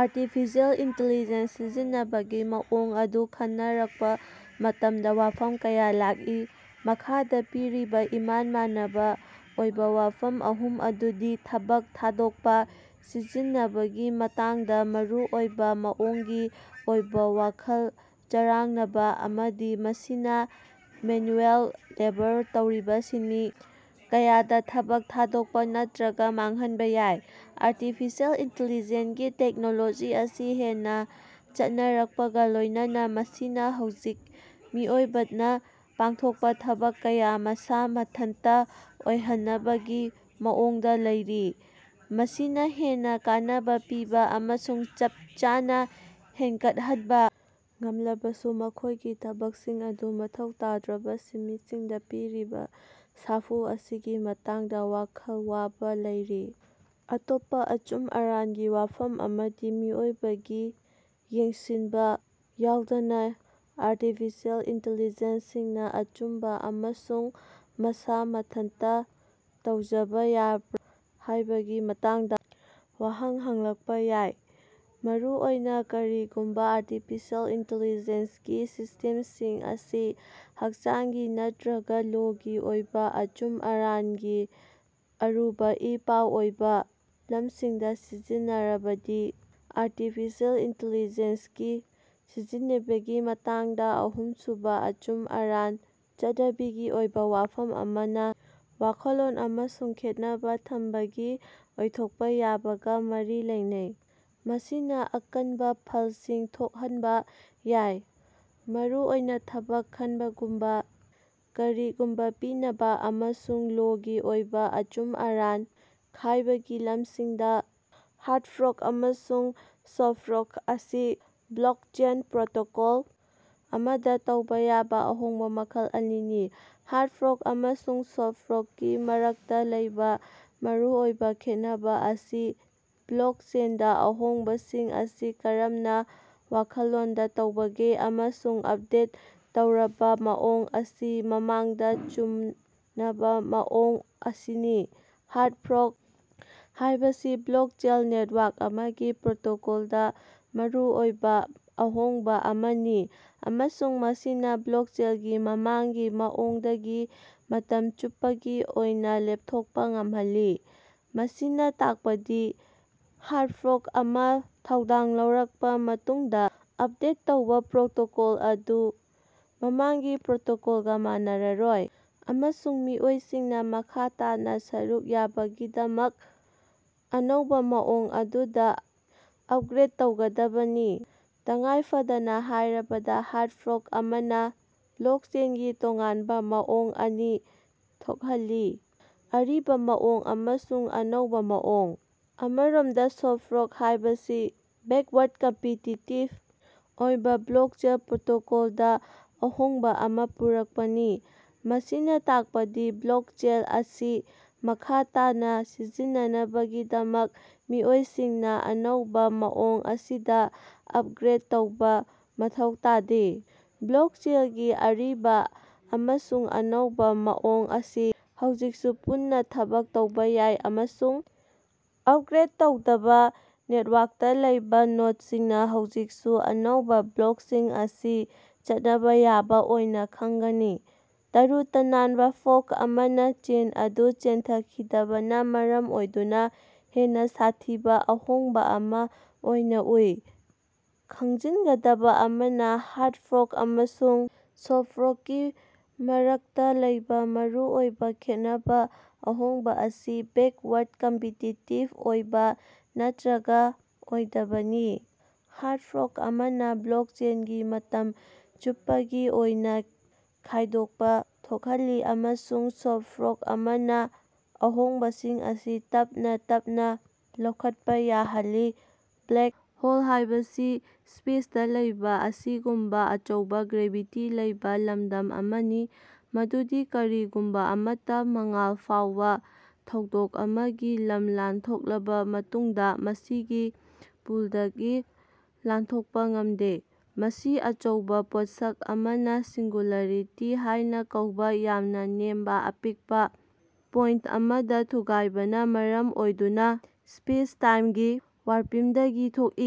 Artificial intelligence ꯁꯤꯖꯤꯟꯅꯕꯒꯤ ꯃꯑꯣꯡ ꯑꯗꯨ ꯈꯟꯅꯔꯛꯄ ꯃꯇꯝꯗ ꯋꯥꯐꯝ ꯀꯌꯥ ꯂꯥꯛꯏ꯫ ꯃꯈꯥꯗ ꯄꯤꯔꯤꯕ ꯏꯃꯥꯟ ꯃꯥꯅꯕ ꯑꯣꯏꯕ ꯋꯥꯐꯝ ꯑꯍꯨꯝ ꯑꯗꯨꯗꯤ ꯊꯕꯛ ꯊꯥꯗꯣꯛꯄ, ꯁꯤꯖꯤꯟꯅꯕꯒꯤ ꯃꯇꯥꯡꯗ ꯃꯔꯨꯑꯣꯏꯕ ꯃꯑꯣꯡꯒꯤ ꯑꯣꯏꯕ ꯋꯥꯈꯜ ꯆꯔꯥꯡꯅꯕ, ꯑꯃꯗꯤ ꯃꯁꯤꯅ ꯃꯦꯟꯌꯨꯑꯦꯜ ꯂꯦꯕꯔ ꯇꯧꯔꯤꯕ ꯁꯤꯟꯃꯤ ꯀꯌꯥꯗ ꯊꯕꯛ ꯊꯥꯗꯣꯛꯄ ꯅꯠꯇ꯭ꯔꯒ ꯃꯥꯡꯍꯟꯕ ꯌꯥꯏ꯫ ꯑꯥꯔꯇꯤꯐꯤꯁꯦꯜ ꯏꯟꯇꯦꯜꯂꯤꯖꯦꯟꯠ ꯒꯤ ꯇꯦꯛꯅꯣꯂꯣꯖꯤ ꯑꯁꯤ ꯍꯦꯟꯅ ꯆꯠꯅꯔꯛꯄꯒ ꯂꯣꯏꯅꯅ ꯃꯁꯤꯅ ꯍꯧꯖꯤꯛ ꯃꯤꯑꯣꯏꯕꯅ ꯄꯥꯡꯊꯣꯛꯄ ꯊꯕꯛ ꯀꯌꯥ ꯃꯁꯥ ꯃꯊꯟꯇ ꯑꯣꯏꯍꯟꯅꯕꯒꯤ ꯃꯑꯣꯡꯗ ꯂꯩꯔꯤ꯫ ꯃꯁꯤꯅ ꯍꯦꯟꯅ ꯀꯥꯅꯕ ꯄꯤꯕ ꯑꯃꯁꯨꯡ ꯆꯞ ꯆꯥꯅ ꯍꯦꯟꯒꯠꯍꯟꯕ ꯉꯝꯂꯕꯁꯨ, ꯃꯈꯣꯏꯒꯤ ꯊꯕꯛꯁꯤꯡ ꯑꯗꯨ ꯃꯊꯧ ꯇꯧꯗ꯭ꯔꯕ ꯁꯤꯟꯃꯤꯁꯤꯡꯗ ꯄꯤꯔꯤꯕ ꯁꯥꯐꯨ ꯑꯁꯤꯒꯤ ꯃꯇꯥꯡꯗ ꯋꯥꯈꯜ ꯋꯥꯕ ꯂꯩꯔꯤ꯫ ꯑꯇꯣꯞꯄ ꯑꯆꯨꯝ ꯑꯔꯥꯟꯒꯤ ꯋꯥꯐꯝ ꯑꯃꯗꯤ ꯃꯤꯑꯣꯏꯕꯒꯤ ꯌꯦꯡꯁꯤꯟꯕ ꯌꯥꯎꯗꯅ ꯑꯔꯇꯤꯐꯤꯁꯦꯜ ꯏꯟꯇꯦꯜꯂꯤꯖꯦꯟ ꯁꯤꯅ ꯑꯆꯨꯝꯕ ꯑꯃꯁꯨꯡ ꯃꯁꯥ ꯃꯊꯟꯇ ꯇꯧꯖꯕ ꯌꯥꯕ꯭ꯔ ꯍꯥꯢꯕꯒꯤ ꯃꯇꯥꯡꯗ ꯋꯥꯍꯪ ꯍꯪꯂꯛꯄ ꯌꯥꯏ, ꯃꯔꯨꯑꯣꯏꯅ ꯀꯔꯤꯒꯨꯝꯕ ꯑꯔꯇꯤꯐꯤꯁꯦꯜ ꯏꯅꯇꯦꯜꯂꯤꯖꯦꯟꯒꯤ ꯁꯤꯁ꯭ꯇꯦꯝꯁꯤꯡ ꯑꯁꯤ ꯍꯛꯆꯥꯡꯒꯤ ꯅꯠꯇ꯭ꯔꯒ ꯂꯣ ꯒꯤ ꯑꯣꯏꯕ ꯑꯆꯨꯝ ꯑꯔꯥꯟꯒꯤ ꯑꯔꯨꯕ ꯏꯄꯥꯎ ꯑꯣꯏꯕ ꯂꯝꯁꯤꯡꯗ ꯁꯤꯖꯤꯟꯅꯔꯕꯗꯤ꯫ ꯑꯔꯇꯤꯐꯤꯁꯦꯜ ꯏꯅꯇꯦꯜꯂꯤꯖꯦꯟꯁ ꯀꯤ ꯁꯤꯖꯤꯟꯅꯕꯒꯤ ꯃꯇꯥꯡꯗ ꯑꯍꯨꯝꯁꯨꯕ ꯑꯆꯨꯝ ꯑꯔꯥꯟ ꯆꯠꯅꯕꯤꯒꯤ ꯑꯣꯏꯕ ꯋꯥꯐꯝ ꯑꯃꯅ ꯋꯥꯈꯜꯂꯣꯟ ꯑꯃꯁꯨꯡ ꯈꯦꯠꯅꯕ ꯊꯝꯕꯒꯤ ꯑꯣꯏꯊꯣꯛꯄ ꯌꯥꯕꯒ ꯃꯔꯤ ꯂꯩꯅꯩ꯫ ꯃꯁꯤꯅ ꯑꯀꯟꯕ ꯐꯜꯁꯤꯡ ꯊꯣꯛꯍꯟꯕ ꯌꯥꯏ, ꯃꯔꯨꯑꯣꯏꯅ ꯊꯕꯛ ꯈꯟꯕꯒꯨꯝꯕ, ꯀꯔꯤꯒꯨꯝꯕ ꯄꯤꯅꯕ, ꯑꯃꯁꯨꯡ ꯂꯣ ꯒꯤ ꯑꯣꯏꯕ ꯑꯆꯨꯝ ꯑꯔꯥꯟ ꯈꯥꯏꯕꯒꯤꯂꯝꯁꯤꯡꯗ꯫ ꯍꯥꯔꯗ ꯐꯣꯔꯛ ꯑꯃꯁꯨꯡ ꯁꯣꯐ꯭ꯠ ꯐꯣꯔꯛ ꯑꯁꯤ ꯕ꯭ꯂꯣꯛꯆꯦꯟ ꯄ꯭ꯔꯣꯇꯣꯀꯣꯜ ꯑꯃꯗ ꯇꯧꯕ ꯌꯥꯕ ꯑꯍꯣꯡꯕ ꯃꯈꯜ ꯑꯅꯤꯅꯤ꯫ ꯍꯥꯔꯗ ꯐꯣꯔꯛ ꯑꯃꯁꯨꯡ ꯁꯣꯐ꯭ꯠ ꯐꯣꯔꯛꯀꯤ ꯃꯔꯛꯇ ꯂꯩꯕ ꯃꯔꯨꯑꯣꯏꯕ ꯈꯦꯠꯅꯕ ꯑꯁꯤ ꯕ꯭ꯂꯣꯛꯆꯦꯟꯗ ꯑꯍꯣꯡꯕꯁꯤꯡ ꯑꯁꯤ ꯀꯔꯝꯅ ꯋꯥꯈꯜꯂꯣꯟꯗ ꯇꯧꯕꯒꯦ ꯑꯃꯁꯨꯡ ꯑꯞꯗꯦꯠ ꯇꯧꯔꯕ ꯃꯑꯣꯡ ꯑꯁꯤ ꯃꯃꯥꯡꯗ ꯆꯨꯝꯅꯕ ꯃꯑꯣꯡ ꯑꯁꯤꯅꯤ꯫ ꯍꯥꯔꯗ ꯐꯣꯔꯛ ꯍꯥꯏꯕꯁꯤ ꯕ꯭ꯂꯣꯛꯆꯦꯟ ꯅꯦꯇꯋꯥꯔꯛ ꯑꯃꯒꯤ ꯄ꯭ꯔꯣꯇꯣꯀꯣꯜꯗ ꯃꯔꯨꯑꯣꯏꯕ ꯑꯍꯣꯡꯕ ꯑꯃꯅꯤ ꯑꯃꯁꯨꯡ ꯃꯁꯤꯅ ꯕ꯭ꯂꯣꯛꯆꯦꯟꯒꯤ ꯃꯃꯥꯡꯒꯤ ꯃꯑꯣꯡꯗꯒꯤ ꯃꯇꯝ ꯆꯨꯞꯄꯒꯤ ꯑꯣꯏꯅ ꯂꯦꯞꯊꯣꯛꯄ ꯉꯝꯍꯜꯂꯤ꯫ ꯃꯁꯤꯅ ꯇꯥꯛꯄꯗꯤ ꯍꯥꯔꯗ ꯐꯣꯔꯛ ꯑꯃ ꯊꯧꯗꯥꯡ ꯂꯧꯔꯛꯄ ꯃꯇꯨꯡꯗ, ꯑꯞꯗꯦꯠ ꯇꯧꯔꯕ ꯄ꯭ꯔꯣꯇꯣꯀꯣꯜ ꯑꯗꯨ ꯃꯃꯥꯡꯒꯤ ꯄ꯭ꯔꯣꯇꯣꯀꯣꯜꯒ ꯃꯥꯟꯅꯔꯔꯣꯏ ꯑꯃꯁꯨꯡ ꯃꯤꯑꯣꯏꯁꯤꯡꯅ ꯃꯈꯥ ꯇꯥꯅ ꯁꯔꯨꯛ ꯌꯥꯕꯒꯤꯗꯃꯛ ꯑꯅꯧꯕ ꯃꯑꯣꯡ ꯑꯗꯨꯗ ꯑꯞꯒ꯭ꯔꯦꯗ ꯇꯧꯒꯗꯕꯅꯤ꯫ ꯇꯉꯥꯏ ꯐꯗꯅ ꯍꯥꯏꯔꯕꯗ, ꯍꯥꯔꯗ ꯐꯣꯔꯛ ꯑꯃꯅ ꯕ꯭ꯂꯣꯛꯆꯦꯟꯒꯤ ꯇꯣꯉꯥꯟꯕ ꯃꯑꯣꯡ ꯑꯅꯤ ꯊꯣꯛꯍꯜꯂꯤ, ꯑꯔꯤꯕ ꯃꯑꯣꯡ ꯑꯃꯁꯨꯡ ꯑꯅꯧꯕ ꯃꯑꯣꯡ꯫ ꯑꯃꯔꯣꯝꯗ ꯁꯣꯐ꯭ꯠ ꯐꯣꯔꯛ ꯍꯥꯏꯕꯁꯤ ꯕꯦꯛꯋꯥꯔꯗ ꯀꯝꯄꯦꯇꯤꯇꯤꯕ ꯑꯣꯏꯕ ꯕ꯭ꯂꯣꯛꯆꯦꯜ ꯄ꯭ꯔꯣꯇꯣꯀꯣꯜꯗ ꯑꯍꯣꯡꯕ ꯑꯃ ꯄꯨꯔꯛꯄꯅꯤ꯫ ꯃꯁꯤꯅ ꯇꯥꯛꯄꯗꯤ ꯕ꯭ꯂꯣꯛꯆꯦꯜ ꯑꯁꯤ ꯃꯈꯥ ꯇꯥꯅ ꯁꯤꯖꯤꯟꯅꯅꯕꯒꯤꯗꯃꯛ ꯃꯤꯑꯣꯏꯁꯤꯡꯅ ꯑꯅꯧꯕ ꯃꯑꯣꯡ ꯑꯁꯤꯗ ꯑꯞꯒ꯭ꯔꯦꯗ ꯇꯧꯕ ꯃꯊꯧ ꯇꯥꯗꯦ꯫ ꯕ꯭ꯂꯣꯛꯆꯦꯜꯒꯤ ꯑꯔꯤꯕ ꯑꯃꯁꯨꯡ ꯑꯅꯧꯕ ꯃꯑꯣꯡ ꯑꯁꯤ ꯍꯧꯖꯤꯛꯁꯨ ꯄꯨꯟꯅ ꯊꯕꯛ ꯇꯧꯕ ꯌꯥꯏ, ꯑꯃꯁꯨꯡ ꯑꯞꯒ꯭ꯔꯦꯗ ꯇꯧꯗꯕ ꯅꯦꯇꯋꯥꯔꯛꯇ ꯂꯩꯕ ꯅꯣꯗꯁꯤꯡꯅ ꯍꯧꯖꯤꯛꯁꯨ ꯑꯅꯧꯕ ꯕ꯭ꯂꯣꯛꯁꯤꯡ ꯑꯁꯤ ꯆꯠꯅꯕ ꯌꯥꯕ ꯑꯣꯏꯅ ꯈꯪꯒꯅꯤ꯫ ꯇꯔꯨ ꯇꯅꯥꯟꯕ ꯐꯣꯔꯛ ꯑꯃꯅ ꯆꯦꯟ ꯑꯗꯨ ꯆꯦꯟꯊꯈꯤꯗꯕꯅ ꯃꯔꯝ ꯑꯣꯏꯗꯨꯅ ꯍꯦꯟꯅ ꯁꯥꯊꯤꯕ ꯑꯍꯣꯡꯕ ꯑꯃ ꯑꯣꯏꯅ ꯎꯏ꯫ ꯈꯪꯖꯤꯟꯒꯗꯕ ꯑꯃꯅ ꯍꯥꯔꯗ ꯐꯣꯔꯛ ꯑꯃꯁꯨꯡ ꯁꯣꯐ꯭ꯠ ꯐꯣꯔꯛꯀꯤ ꯃꯔꯛꯇ ꯂꯩꯕ ꯃꯔꯨꯑꯣꯏꯕ ꯈꯦꯠꯅꯕ ꯑꯍꯣꯡꯕ ꯑꯁꯤ ꯕꯦꯛꯋꯥꯔꯗ ꯀꯝꯄꯦꯇꯤꯇꯤꯕ ꯑꯣꯏꯕ ꯅꯠꯇ꯭ꯔꯒ ꯑꯣꯏꯗꯕꯅꯤ, ꯍꯥꯔꯗ ꯐꯣꯔꯛ ꯑꯃꯅ ꯕ꯭ꯂꯣꯛꯆꯦꯟꯒꯤ ꯃꯇꯝ ꯆꯨꯞꯄꯒꯤ ꯑꯣꯏꯅ ꯈꯥꯏꯗꯣꯛꯄ ꯊꯣꯛꯍꯜꯂꯤ ꯑꯃꯁꯨꯡ ꯁꯣꯐ꯭ꯠ ꯐꯣꯔꯛ ꯑꯃꯅ ꯑꯍꯣꯡꯕꯁꯤꯡ ꯑꯁꯤ ꯇꯞꯅ ꯇꯞꯅ ꯂꯧꯈꯠꯄ ꯌꯥꯍꯜꯂꯤ꯫ ꯕ꯭ꯂꯦꯛ ꯍꯣꯜ ꯍꯥꯏꯕꯁꯤ ꯁ꯭ꯄꯦꯁꯇ ꯂꯩꯕ ꯑꯁꯤꯒꯨꯝꯕ ꯑꯆꯧꯕꯥ ꯒ꯭ꯔꯦꯚꯤꯇꯤ ꯂꯩꯕ ꯂꯝꯗꯝ ꯑꯃꯅꯤ ꯃꯗꯨꯗꯤ ꯀꯔꯤꯒꯨꯝꯕ ꯑꯃꯠꯇ, ꯃꯉꯥꯜ ꯐꯥꯎꯕ, ꯊꯧꯗꯣꯛ ꯑꯃꯒꯤ ꯂꯝ ꯂꯥꯟꯊꯣꯛꯂꯕ ꯃꯇꯨꯡꯗ ꯃꯁꯤꯒꯤ ꯄꯨꯜꯗꯒꯤ ꯂꯥꯟꯊꯣꯛꯄ ꯉꯝꯗꯦ꯫ ꯃꯁꯤ ꯑꯆꯧꯕ ꯄꯣꯠꯁꯛ ꯑꯃꯅ ꯁꯤꯡꯒꯨꯂꯔꯤꯇꯤ ꯍꯥꯏꯅ ꯀꯧꯕ ꯌꯥꯝꯅ ꯅꯦꯝꯕ ꯑꯄꯤꯛꯄ ꯄꯣꯏꯟꯇ ꯑꯃꯗ ꯊꯨꯒꯥꯏꯕꯅ ꯃꯔꯝ ꯑꯣꯏꯗꯨꯅ ꯁ꯭ꯄꯦꯁꯇꯥꯏꯝꯒꯤ ꯋꯥꯔꯄꯤꯝꯗꯒꯤ ꯊꯣꯛꯏ꯫